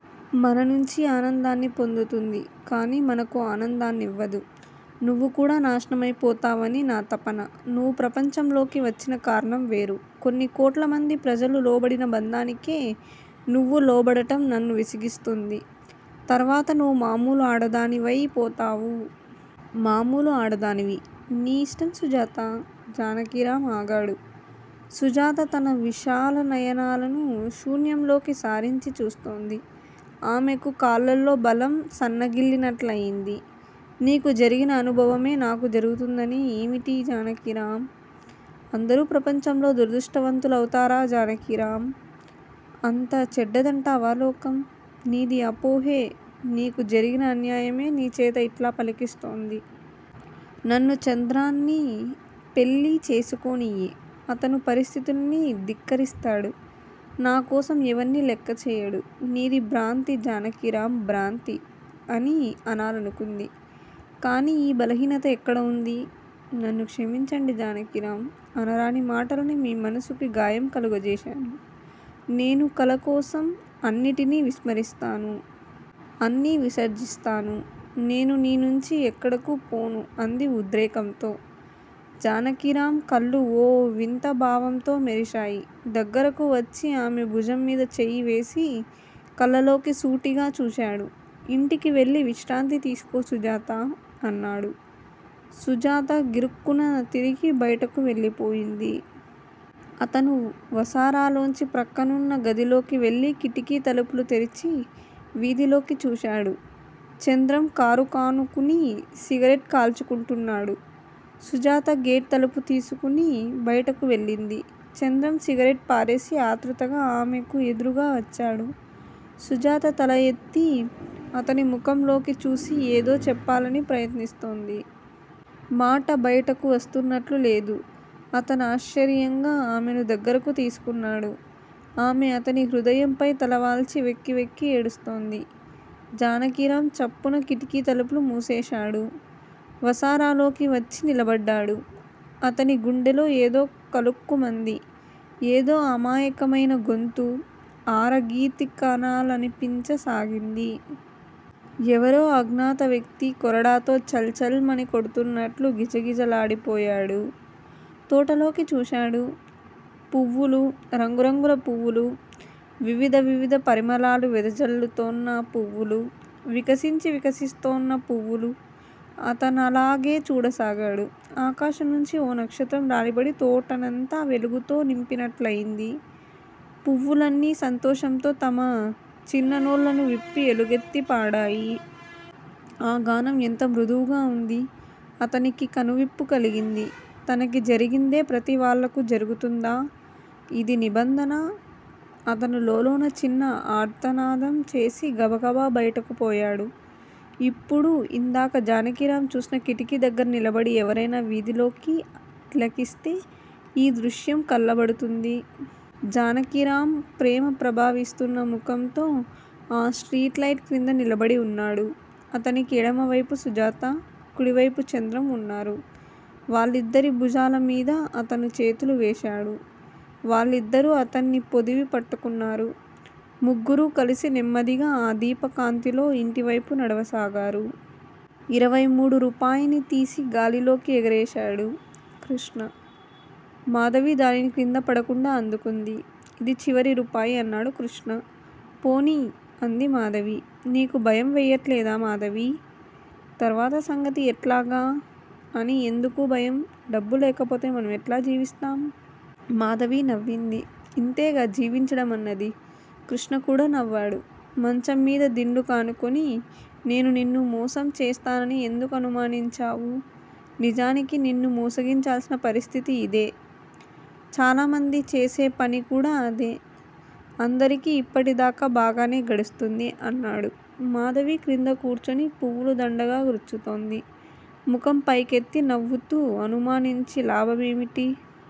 మన నుంచి ఆనందాన్ని పొందుతుంది. కాని మనకు ఆనందాన్నివ్వదు. నువ్వు కూడా నాశనమై పోతావని నా తపన. నువ్వు ప్రపంచంలోకి వచ్చిన కారణం వేరు. కొన్ని కోట్ల మంది ప్రజలు లోబడిన బంధానికే నువ్వూ లోబడటం నన్ను విసిగిస్తుంది. తర్వాత నువ్వు మామూలు ఆడదానివై పోతావు. మామూలు ఆడదానివి. నీ ఇష్టం సుజాతా. జానకిరాం ఆగాడు. సుజాత తన విశాలనయనాలను శూన్యంలోకి సారించి చూస్తోంది. ఆమెకు కాళ్ళలో బలం సన్నగిల్లినట్లయింది. 'నీకు జరిగిన అనుభవమే నాకు జరుగుతుందని ఏమిటి జానకిరాం? అందరూ ప్రపంచంలో దురదృష్టవంతులౌతారా జానకిరాం? అంత చెడ్డదంటావా లోకం? నీది అపోహే నీకు జరిగిన అన్యాయమే నీ చేత యిట్లా పలికిస్తోంది. నన్ను చంద్రాన్ని పెళ్ళి చేసుకోనియ్యి. అతను పరిస్థితుల్ని ధిక్కరిస్తాడు. నాకోసం ఎవర్నీ లెక్కచెయ్యడు. నీది భ్రాంతి జానకిరాం భ్రాంతి' అని అనాలనుకుంది. కాని ఈ బలహీనత ఎక్కడ ఉంది? నన్ను క్షమించండి జానకిరాం. అనరాని మాటలని మీ మనసుకి గాయం కలుగజేశాను. నేను కళ కోసం అన్నిటినీ విస్మరిస్తాను. అన్నీ విసర్జిస్తాను. నేను నీ నుంచి ఎక్కడకు పోను అంది ఉద్రేకంతో. జానకిరాం కళ్ళు ఓ వింత భావంతో మెరిశాయి. దగ్గరకు వచ్చి ఆమె భుజంమీద చెయ్యివేసి కళ్ళలోకి సూటిగా చూశాడు. ఇంటికి వెళ్ళి విశ్రాంతి తీసుకో సుజాతా! ' అన్నాడు. సుజాత గిరుక్కున తిరిగి బయటకు వెళ్ళిపోయింది. అతను వసారాలోంచి ప్రక్కనున్న గదిలోకి వెళ్ళి కిటికీ తలుపులు తెరిచి వీధిలోకి చూశాడు. చంద్రం కారుకానుకుని సిగరెట్ కాల్చుకుంటున్నాడు. సుజాత గేటు తలుపు తీసుకుని బయటకు వెళ్ళింది. చంద్రం సిగరెట్ పారేసి ఆతృతగా ఆమెకు ఎదురుగా వచ్చాడు. సుజాత తల ఎత్తి అతని ముఖంలోకి చూసి ఏదో చెప్పాలని ప్రయత్నిస్తోంది. మాట బయటకు వస్తున్నట్లు లేదు. అతనాశ్చర్యంగా ఆమెను దగ్గరకు తీసుకున్నాడు. ఆమె అతని హృదయంపై తలవాల్చి వెక్కి వెక్కి ఏడుస్తోంది. జానకిరాం చప్పున కిటికీ తలుపులు మూసేశాడు. వసారాలోకి వచ్చి నిలబడ్డాడు. అతని గుండెలో ఏదో కలుక్కుమంది. ఏదో అమాయకమైన గొంతు. ఆర గీతికనాలపించ సాగింది. ఎవరో అజ్ఞాత వ్యక్తి కొరడాతో ఛళ్ ఛళ్ మని కొడుతున్నట్లు గిజ గిజలాడిపోయాడు. తోటలోకి చూశాడు. పువ్వులు-రంగురంగుల పువ్వులు. వివిధ వివిధ పరిమళాలు వెదజల్లుతోన్న పువ్వులు, వికసించి వికసిస్తోన్న పువ్వులు. అతనలాగే చూడసాగాడు. ఆకాశంనుంచి ఓ నక్షత్రం రాలిపడి తోటనంతా వెలుగుతో నింపినట్లయింది. పువ్వులన్నీ సంతోషంతో తమ చిన్ననోళ్ళను విప్పి ఎలుగెత్తి పాడాయి. ఆ గానం ఎంత మృదువుగా వుంది? అతనికి కనువిప్పు కలిగింది. తనకి జరిగిందే ప్రతి వాళ్ళకూ జరుగుతుందా? ఇది నిబంధనా? అతను లోలోన చిన్న ఆర్తనాదం చేసి గబగబ బయటకు పోయాడు. ఇప్పుడు యిందాక జానకిరాం చూసిన కిటికీ దగ్గర నిలబడి ఎవరైనా వీధిలోకి తిలకిస్తే ఈ దృశ్యం కళ్ళబడుతుంది. జానకిరాం ప్రేమ ప్రభవిస్తూన్న ముఖంతో ఆ స్ట్రీట్ లైట్ క్రింద నిలబడి వున్నాడు. అతనికి ఎడమవైపు సుజాతా, కుడివైపు చంద్రం వున్నారు. వాళ్ళిద్దరి భుజాల మీదా అతను చేతులు వేశాడు. వాళ్ళిద్దరూ అతన్ని పొదివి పట్టుకున్నారు. ముగ్గురూ కలిసి నెమ్మదిగా ఆ దీప కాంతిలో యింటి వైపు నడవసాగారు. ఇరవై మూడు రూపాయిని తీసి గాలిలోకి ఎగరేశాడు కృష్ణ. మాధవి దానిని క్రింద పడకుండా అందుకుంది. 'ఇది చివరి రూపాయి' అన్నాడు కృష్ణ. పోనీ! అంది మాధవి. నీకు భయం వెయ్యటల్లేదా మాధవీ! తర్వాత సంగతి ఎట్లాగా అని ఎందుకూ భయం? డబ్బు లేకపోతే మనమెట్లా జీవిస్తాం? మాధవి నవ్వింది. ఇంతేగా జీవించడం అన్నది. కృష్ణ కూడా నవ్వాడు. మంచం మీద దిండుకానుకుని 'నేను నిన్ను మోసం చేస్తానని ఎందుకనుమానించావు? నిజానికి నిన్ను మోసగించాల్సిన పరిస్థితి యిదే. చాలామంది చేసే పని కూడా అదే. అందరికీ యిప్పటి దాకా బాగానే గడుస్తుంది' అన్నాడు. మాధవి క్రింద కూర్చుని పువ్వులు దండగా గ్రుచ్చుతోంది. ముఖం పైకెత్తి నవ్వుతూ 'అనుమానించి లాభం ఏమిటి?